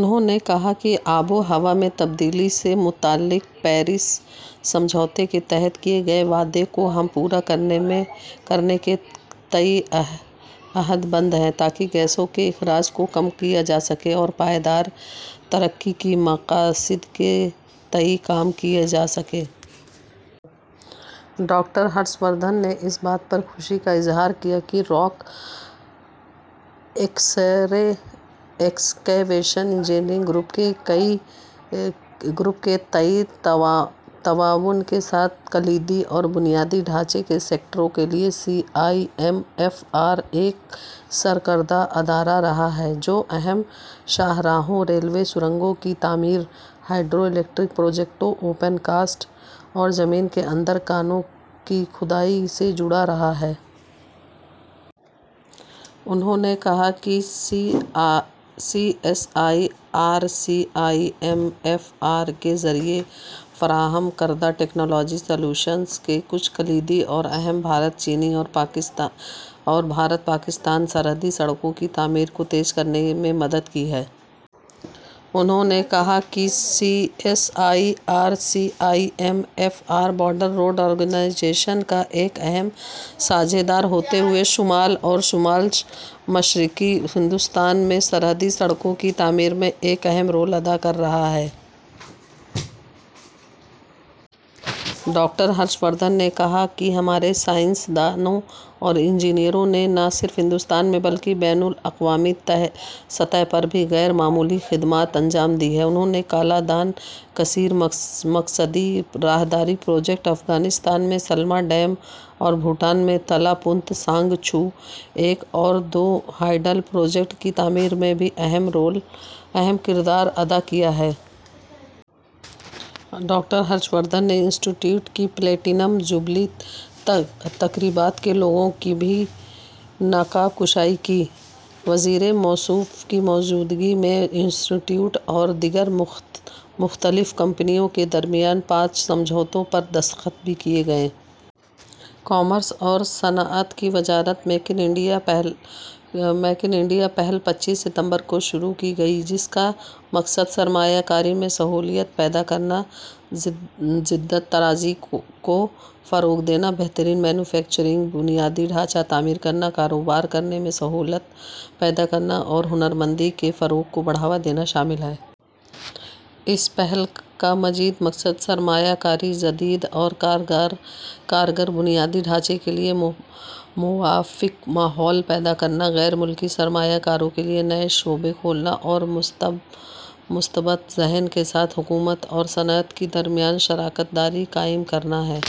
نہوں نے کہا کہ آب و ہوا میں تبدیلی سے متعلق پیرس سمجھوتے کے تحت کیے گئے وعدے کو ہم پورا کرنے کے تئیں عہد بند ہیں، تاکہ گیسوں کے اخراج کو کم کیا جا سکے اور پائیدار ترقی کے مقاصد کے تئیں کام کیا جا سکے۔ ڈاکٹر ہرش وردھن نے اس بات پر خوشی کا اظہار کیا کہ راک ایکسکیویشن انجینئرنگ گروپ کے تئیں تعاون کے ساتھ کلیدی اور بنیادی ڈھانچے کے سیکٹروں کے لیے C I M F R ایک سرکردہ ادارہ رہا ہے، جو اہم شاہراہوں، ریلوے، سرنگوں کی تعمیر، ہائیڈرو الیکٹرک پروجیکٹوں، اوپن کاسٹ اور زمین کے اندر کانوں کی کھدائی سے جڑا رہا ہے۔ انہوں نے کہا کہ C S I R C I M F R کے ذریعے فراہم کردہ ٹیکنالوجی سلوشنز نے کچھ کلیدی اور اہم بھارت-چین اور بھارت-پاکستان سرحدی سڑکوں کی تعمیر کو تیز کرنے میں مدد کی ہے۔ انہوں نے کہا کہ C S I R C I M F R, border road organisation کا ایک اہم ساجھیدار ہوتے ہوئے، شمال اور شمال مشرقی ہندوستان میں سرحدی سڑکوں کی تعمیر میں ایک اہم رول ادا کر رہا ہے۔ ڈاکٹر ہرش وردھن نے کہا کہ ہمارے سائنس دانوں اور انجینئروں نے نہ صرف ہندوستان میں بلکہ بین الاقوامی سطح پر بھی غیر معمولی خدمات انجام دی ہیں۔ انہوں نے کالا دان کثیر مقصدی راہداری پروجیکٹ، افغانستان میں سلما ڈیم اور بھوٹان میں تلا پونت سنگ چو ایک اور دو ہائیڈل پروجیکٹ کی تعمیر میں بھی اہم کردار ادا کیا ہے۔ ڈاکٹر ہرش وردھن نے انسٹی ٹیوٹ کی پلاٹینم جوبلی تقریبات کے لوگو کی بھی نقاب کشائی کی۔ وزیر موصوف کی موجودگی میں انسٹی ٹیوٹ اور دیگر مختلف کمپنیوں کے درمیان پانچ سمجھوتوں پر دستخط بھی کیے گئے۔ کامرس اور صنعت کی وزارت: میک اِن انڈیا پہل پچیس ستمبر کو شروع کی گئی، جس کا مقصد سرمایہ کاری میں سہولت پیدا کرنا، جدت طرازی کو فروغ دینا، بہترین مینوفیکچرنگ بنیادی ڈھانچہ تعمیر کرنا، کاروبار کرنے میں سہولت پیدا کرنا اور ہنرمندی کے فروغ کو بڑھاوا دینا شامل ہے۔ اس پہل کا مزید مقصد سرمایہ کاری، جدید اور کارگر بنیادی ڈھانچے کے لیے موافق ماحول پیدا کرنا، غیر ملکی سرمایہ کاروں کے لیے نئے شعبے کھولنا اور مثبت ذہن کے ساتھ حکومت اور صنعت کے درمیان شراکت داری قائم کرنا ہے۔